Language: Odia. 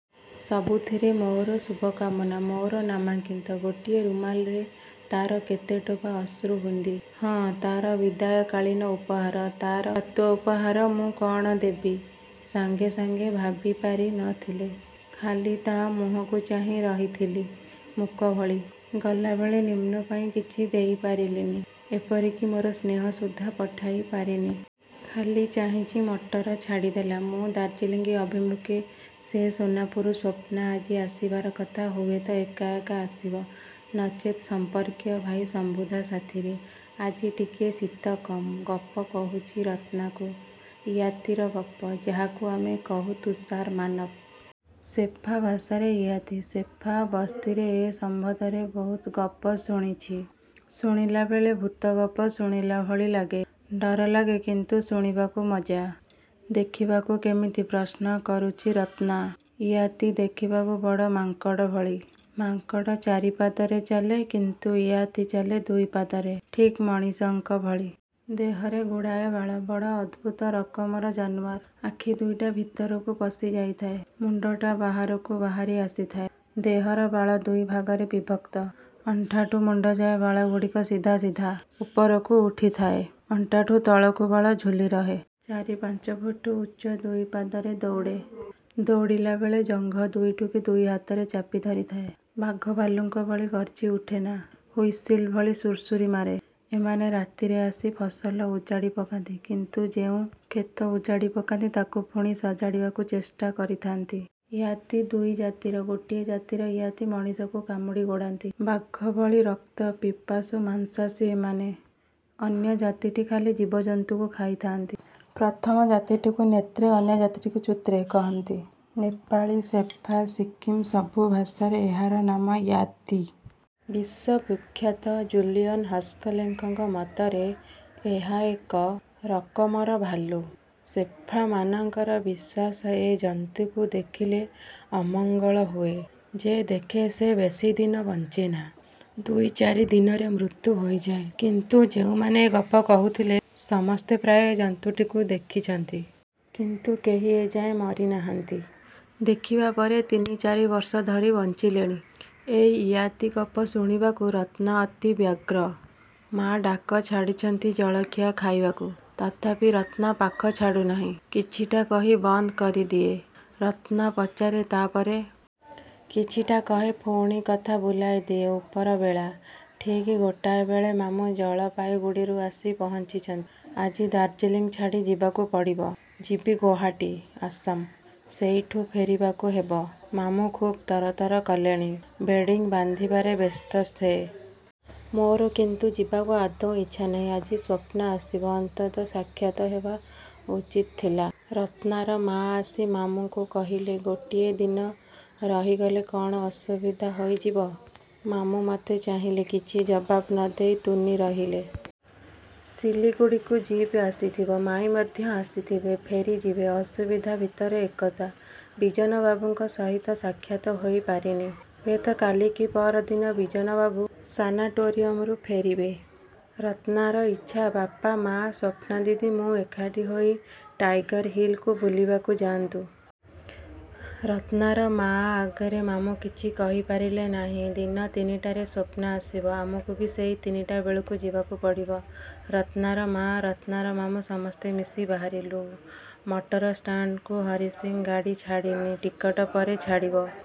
ସବୁଥିରେ ମୋର ଶୁଭକାମନା। ମୋର ନାମାଙ୍କିତ ଗୋଟିଏ ରୁମାଲରେ ତାର କେତେଟୋପା ଅଶ୍ରୁବୁନ୍ଦି ହଁ ତା'ର ବିଦାୟକାଳୀନ ଉପହାର। ତାର ପ୍ରତ୍ୟୁପହାର ମୁଁ କ'ଣ ଦେବି ସଙ୍ଗେ ସଙ୍ଗେ ଭାବିପାରି ନ ଥିଲି। ଖାଲି ତା ମୁହଁକୁ ଚାହିଁ ରହିଥିଲି ମୂକ ଭଳି। ଗଲାବେଳେ ନିମ୍ନୁ ପାଇଁ କିଛି ଦେଇ ପାରିଲିନି ଏପରିକି ମୋର ସ୍ନେହ ସୁଦ୍ଧା ପଠାଇ ପାରିନି। ଖାଲି ଚାହିଁଚି ମଟର ଛାଡ଼ିଦେଲା। ମୁଁ ଦାର୍ଜିଲିଂ ଅଭିମୁଖେ ସେ ସୋନାପୁର। ସ୍ୱପ୍ନା ଆଜି ଆସିବାର କଥା। ହୁଏତ ଏକା ଏକା ଆସିବ, ନଚେତ ସମ୍ପର୍କୀୟ ଭାଇ ଶମ୍ଭୂଦା ସାଥିରେ। ଆଜି ଟିକିଏ ଶୀତ କମ୍। ଗପ କହୁଚି ରତ୍ନାକୁ ଇୟାତି ର ଗପ, ଯାହାକୁ ଆମେ କହୁ ତୁଷାର ମାନବ। ସେର୍ଫା ଭାଷାରେ ଇୟାତି। ସେର୍ଫା ବସ୍ତିରେ ଏ ସମ୍ବନ୍ଧରେ ବହୁତ ଗପ ଶୁଣିଛି। ଶୁଣିଲାବେଳେ ଭୂତ ଗପ ଶୁଣିଲା ଭଳି ଲାଗେ। ଡର ଲାଗେ କିନ୍ତୁ ଶୁଣିବାକୁ ମଜା। ଦେଖିବାକୁ କେମିତି? ପ୍ରଶ୍ନ କରୁଚି ରତ୍ନା। ଇୟାତି ଦେଖିବାକୁ ବଡ଼ ମାଙ୍କଡ଼ ଭଳି। ମାଙ୍କଡ଼ ଚାରି ପାଦରେ ଚାଲେ କିନ୍ତୁ ଇୟାତି ଚାଲେ ଦୁଇ ପାଦରେ ଠିକ୍ ମଣିଷଙ୍କ ଭଳି। ଦେହରେ ଗୁଡ଼ାଏ ବାଳ। ବଡ଼ ଅଦ୍ଭୁତ ରକମର ଜାନୁଆର। ଆଖି ଦୁଇଟା ଭିତରକୁ ପଶି ଯାଇଥାଏ, ମୁଣ୍ଡଟା ବାହାରକୁ ବାହାରି ଆସିଥାଏ। ଦେହର ବାଳ ଦୁଇ ଭାଗରେ ବିଭକ୍ତ। ଅଣ୍ଠାଠୁ ମୁଣ୍ଡଯାଏଁ ବାଳଗୁଡ଼ିକ ସିଧା ସିଧା ଉପରକୁ ଉଠିଥାଏ। ଅଣ୍ଟାଠୁ ତଳକୁ ବାଳ ଝୁଲି ରହେ। ଚାରି ପାଞ୍ଚ ଫୁଟ୍ ଉଚ୍ଚ। ଦୁଇ ପାଦରେ ଦୌଡ଼େ। ଦୌଡ଼ିଲା ବେଳେ ଜଙ୍ଘ ଦୁଇଟିକୁ ଦୁଇ ହାତରେ ଚାପି ଧରିଥାଏ। ବାଘ ଭାଲୁଙ୍କ ଭଳି ଗର୍ଜି ଉଠେନା, ହୁଇସିଲ୍ ଭଳି ଶୁରଶୁରି ମାରେ। ଏମାନେ ରାତିରେ ଆସି ଫସଲ ଉଜାଡ଼ି ପକାନ୍ତି କିନ୍ତୁ ଯେଉଁ କ୍ଷେତ ଉଜାଡ଼ି ପକାନ୍ତି ତାକୁ ଫୁଣି ସଜାଡ଼ିବାକୁ ଚେଷ୍ଟା କରିଥାଆନ୍ତି। ଇୟାତି ଦୁଇ ଜାତିର। ଗୋଟିଏ ଜାତିର ଇୟାତି ମଣିଷକୁ କାମୁଡ଼ି ଗୋଡ଼ାନ୍ତି। ବାଘ ଭଳି ରକ୍ତ ପିପାସୁ ମାଂସାଶୀ ଏମାନେ। ଅନ୍ୟଜାତିଟି ଖାଲି ଜୀବଜନ୍ତୁକୁ ଖାଇ ଥାଆନ୍ତି। ପ୍ରଥମ ଜାତିଟିକୁ ନେତ୍ରେ ଅନ୍ୟଟିକୁ ଚୁତ୍ରେ କୁହନ୍ତି। ନେପାଳୀ, ସେର୍ଫା, ସିକିମ୍ ସବୁ ଭାଷାରେ ଏହାର ନାମ ଇୟାତି। ବିଶ୍ୱବିଖ୍ୟାତ ଜୁଲିଅନ୍ ହକ୍ସଲେଙ୍କ ମତରେ ଏହା ଏକ ରକମର ଭାଲୁ। ସେର୍ଫାମାନଙ୍କର ବିଶ୍ୱାସ ଏ ଜନ୍ତୁକୁ ଦେଖିଲେ ଅମଙ୍ଗଳ ହୁଏ। ଯେ ଦେଖେ ସେ ବେଶୀଦିନ ବଞ୍ଚେନା। ଦୁଇ ଚାରି ଦିନରେ ମୃତ୍ୟୁ ହୋଇଯାଏ। କିନ୍ତୁ ଯେଉଁମାନେ ଏ ଗପ କହୁଥିଲେ, ସମସ୍ତେ ପ୍ରାୟ ଏ ଜନ୍ତୁଟିକୁ ଦେଖିଛନ୍ତି। କିନ୍ତୁ କେହି ଏ ଯାଏଁ ମରିନାହାନ୍ତି। ଦେଖିବା ପରେ ତିନି ଚାରି ବର୍ଷ ଧରି ବଞ୍ଚିଲେଣି। ଏଇ ''ଇୟାତି'' ଗପ ଶୁଣିବାକୁ ରତ୍ନା ଅତି ବ୍ୟଗ୍ର। ମା ଡାକ ଛାଡ଼ିଛନ୍ତି ଜଳଖିଆ ଖାଇବାକୁ। ତଥାପି ରତ୍ନା ପାଖ ଛାଡ଼ୁନାହିଁ। କିଛିଟା କହି ବନ୍ଦ କରିଦିଏ। ରତ୍ନା ପଚାରେ ତା ପରେ? କିଛିଟା କହେ ପୁଣି କଥା ବୁଲାଇ ଦିଏ। ଉପର ବେଳା। ଠିକ୍ ଗୋଟାଏ ବେଳେ ମାମୁଁ ଜଳପାଇଗୁଡ଼ିରୁ ଆସି ପହଞ୍ଚିଛନ୍ତି। ଆଜି ଦାର୍ଜିଲିଂ ଛାଡ଼ି ଯିବାକୁ ପଡ଼ିବ। ଯିବି ଗୌହାଟୀ। ଆସାମ। ସେଇଠୁ ଫେରିବାକୁ ହେବ। ମାମୁଁ ଖୁବ୍ ତରତର କଲେଣି। ବେଡ଼ିଂ ବାନ୍ଧିବାରେ ବ୍ୟସ୍ତ ସେ। ମୋର କିନ୍ତୁ ଯିବାକୁ ଆଦୌ ଇଚ୍ଛା ନାହିଁ। ଆଜି ସ୍ୱପ୍ନା ଆସିବ। ଅନ୍ତତଃ ସାକ୍ଷାତ ହେବା ଉଚିତ ଥିଲା। ରତ୍ନାର ମାଆ ଆସି ମାମୁଁଙ୍କୁ କହିଲେ ଗୋଟିଏ ଦିନ ରହିଗଲେ କ'ଣ ଅସୁବିଧା ହୋଇଯିବ? ମାମୁଁ ମତେ ଚାହିଁଲେ। କିଛି ଜବାବ ନ ଦେଇ ତୁନି ରହିଲେ। ଶିଲିଗୁଡ଼ିକୁ ଜୀପ୍ ଆସିଥିବ। ମାଈଁ ମଧ୍ୟ ଆସିଥିବେ। ଫେରିଯିବେ। ଅସୁବିଧା ଭିତରେ ଏକତା। ବିଜନବାବୁଙ୍କ ସହିତ ସାକ୍ଷାତ ହୋଇ ପାରିନି। ହୁଏତ କାଲି କି ପହର ଦିନ ବିଜନବାବୁ ସାନାଟୋରିୟମରୁ ଫେରିବେ। ରତ୍ନାର ଇଚ୍ଛା ବାପା, ମା, ସ୍ୱପ୍ନାଦିଦି, ମୁଁ ଏଖାଠି ହୋଇ ଟାଇଗର୍ ହିଲ୍କୁ ବୁଲିବାକୁ ଯାଆନ୍ତୁ। ରତ୍ନାର ମାଆ ଆଗରେ ମାମୁଁ କିଛି କହି ପାରିଲେ ନାହିଁ। ଦିନ ତିନିଟାରେ ସ୍ୱପ୍ନା ଆସିବ। ଆମକୁ ବି ସେଇ ତିନିଟା ବେଳୁକୁ ଯିବାକୁ ପଡ଼ିବ। ରତ୍ନାର ମାଆ, ରତ୍ନା, ମାମୁଁ ସମସ୍ତେ ମିଶି ବାହାରିଲୁ ମଟରଷ୍ଟାଣ୍ଡକୁ। ହରିସିଂ ଗାଡ଼ି ଛାଡ଼ିନି। ଟିକଟ ପରେ ଛାଡ଼ିବ।